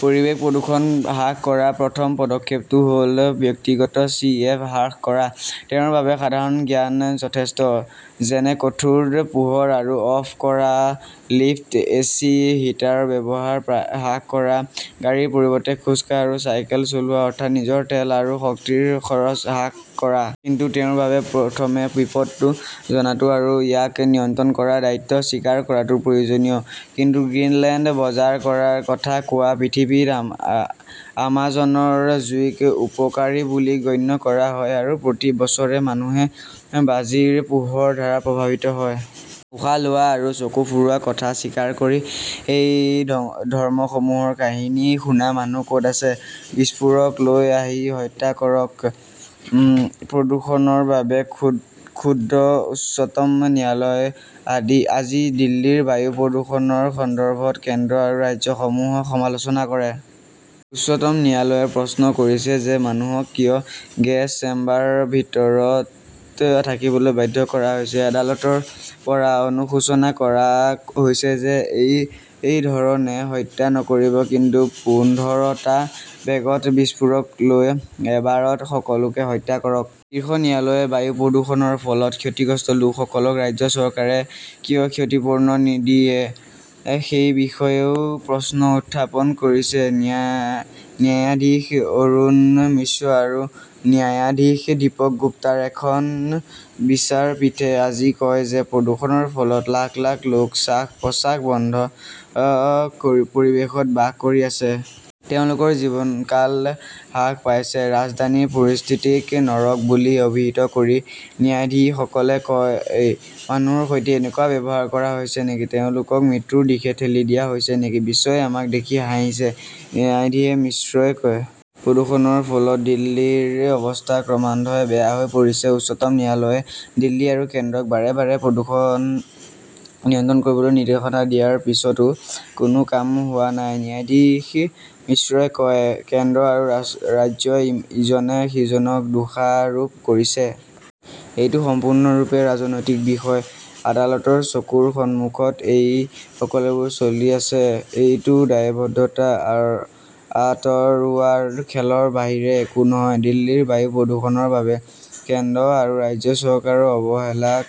পৰিৱেশ প্ৰদূষণ হ্ৰাস কৰাৰ প্ৰথম পদক্ষেপটো হ'ল ব্যক্তিগত চি এফ হ্ৰাস কৰা। তেওঁৰ বাবে সাধাৰণ জ্ঞানই যথেষ্ট। যেনে, কঠোৰ পোহৰ অফ কৰা, লিফ্ট, এচি, হিটাৰৰ ব্যৱহাৰ হ্ৰাস কৰা, গাড়ীৰ পৰিৱৰ্তে খোজ কাঢ়া বা চাইকেল চলোৱা অৰ্থাৎ নিজৰ তেল আৰু শক্তিৰ খৰচ হ্ৰাস কৰা। কিন্তু তেওঁৰ বাবে প্ৰথমে বিপদটো জনাটো আৰু ইয়াক নিয়ন্ত্ৰণ কৰাৰ দায়িত্ব স্বীকাৰ কৰাটো প্ৰয়োজনীয়। কিন্তু গ্ৰীণলেণ্ড বজাৰ কৰাৰ কথা কোৱা পৃথিৱীত, আমাজনৰ জুইক উপকাৰী বুলি গণ্য কৰা হয়, আৰু প্ৰতি বছৰে মানুহে বাজিৰ পোহৰ দ্বাৰা প্ৰভাৱিত হয়। উশাহ লোৱা আৰু চকু ফুৰোৱাৰ কথা স্বীকাৰ কৰি, এই ধৰ্মসমূহৰ কাহিনী শুনা মানুহ ক'ত আছে? বিস্ফোৰক লৈ আহি হত্যা কৰক, প্ৰদূষণৰ বাবে ক্ষুব্ধ উচ্চতম ন্যায়ালয় আজি দিল্লীৰ বায়ু প্ৰদূষণৰ সন্দৰ্ভত কেন্দ্ৰ আৰু ৰাজ্যসমূহক সমালোচনা কৰে। উচ্চতম ন্যায়ালয়ে প্ৰশ্ন কৰিছে যে, মানুহক কিয় গেছ চেম্বাৰ ভিতৰত থাকিবলৈ বাধ্য কৰা হৈছে। আদালতৰ পৰা অনুশোচনা কৰা হৈছে যে এই ধৰণে হত্যা নকৰিব, কিন্তু পোন্ধৰটা বেগত বিস্ফোৰক লৈ এবাৰত সকলোকে হত্যা কৰক। শীৰ্ষ ন্যায়ালয়ে বায়ু প্ৰদূষণৰ ফলত ক্ষতিগ্ৰস্ত লোকসকলক ৰাজ্য চৰকাৰে কিয় ক্ষতিপূৰণ নিদিয়ে সেই বিষয়েও প্ৰশ্ন উত্থাপন কৰিছে। ন্যায়াধীশ অৰুণ মিশ্ৰ আৰু ন্যায়াধীশ দীপক গুপ্তাৰ এখন বিচাৰপীঠে আজি কয় যে প্ৰদূষণৰ ফলত লাখ লাখ লোক শ্বাস-প্ৰশ্বাস বন্ধ পৰিৱেশত বাস কৰি আছে। তেওঁলোকৰ জীৱনকাল হ্ৰাস পাইছে। ৰাজধানীৰ পৰিস্থিতিক 'নৰক' বুলি অভিহিত কৰি ন্যায়াধীশসকলে কয়, মানুহৰ সৈতে এনেকুৱা ব্যৱহাৰ কৰা হৈছে নেকি? তেওঁলোকক মৃত্যুৰ দিশে ঠেলি দিয়া হৈছে নেকি? বিশ্বই আমাক দেখি হাঁহিছে, ন্যায়াধীশ মিশ্ৰই কয়। প্ৰদূষণৰ ফলত দিল্লীৰ অৱস্থা ক্ৰমান্বয়ে বেয়া হৈ পৰিছে। উচ্চতম ন্যায়ালয়ে দিল্লী আৰু কেন্দ্ৰক বাৰে বাৰে প্ৰদূষণ নিয়ন্ত্ৰণ কৰিবলৈ নিৰ্দেশনা দিয়াৰ পিছতো কোনো কাম হোৱা নাই। ন্যায়াধীশ মিশ্ৰই কয়, কেন্দ্ৰ আৰু ৰাজ্যই ইজনে সিজনক দোষাৰোপ কৰিছে। এইটো সম্পূৰ্ণৰূপে ৰাজনৈতিক বিষয়। আদালতৰ চকুৰ সন্মুখত এই সকলোবোৰ চলি আছে। এইটো দায়বদ্ধতা আঁতৰোৱাৰ খেলৰ বাহিৰে একো নহয়। দিল্লীৰ বায়ু প্ৰদূষণৰ বাবে কেন্দ্ৰ আৰু ৰাজ্য চৰকাৰৰ অৱহেলাক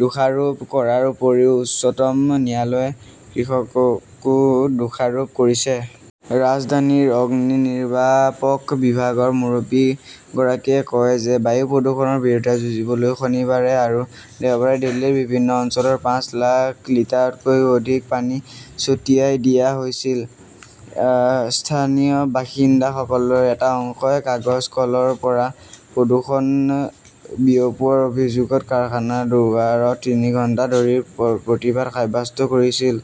দোষাৰোপ কৰাৰ উপৰিও উচ্চতম ন্যায়ালয়ে কৃষককো দোষাৰোপ কৰিছে। ৰাজধানীৰ অগ্নিনিৰ্বাপক বিভাগৰ মুৰব্বীগৰাকীয়ে কয় যে বায়ু প্ৰদূষণৰ বিৰুদ্ধে যুঁজিবলৈ শনিবাৰে আৰু দেওবাৰে দিল্লীৰ বিভিন্ন অঞ্চলত পাঁচ লাখ লিটাৰতকৈও অধিক পানী ছটিয়াই দিয়া হৈছিল। স্থানীয় বাসিন্দাসকলৰ এটা অংশই কাগজ কলৰ পৰা প্ৰদূষণ বিয়পোৱাৰ অভিযোগত কাৰখানাৰ দুৱাৰত তিনি ঘণ্টা ধৰি প্ৰতিবাদ সাব্যস্ত কৰিছিল।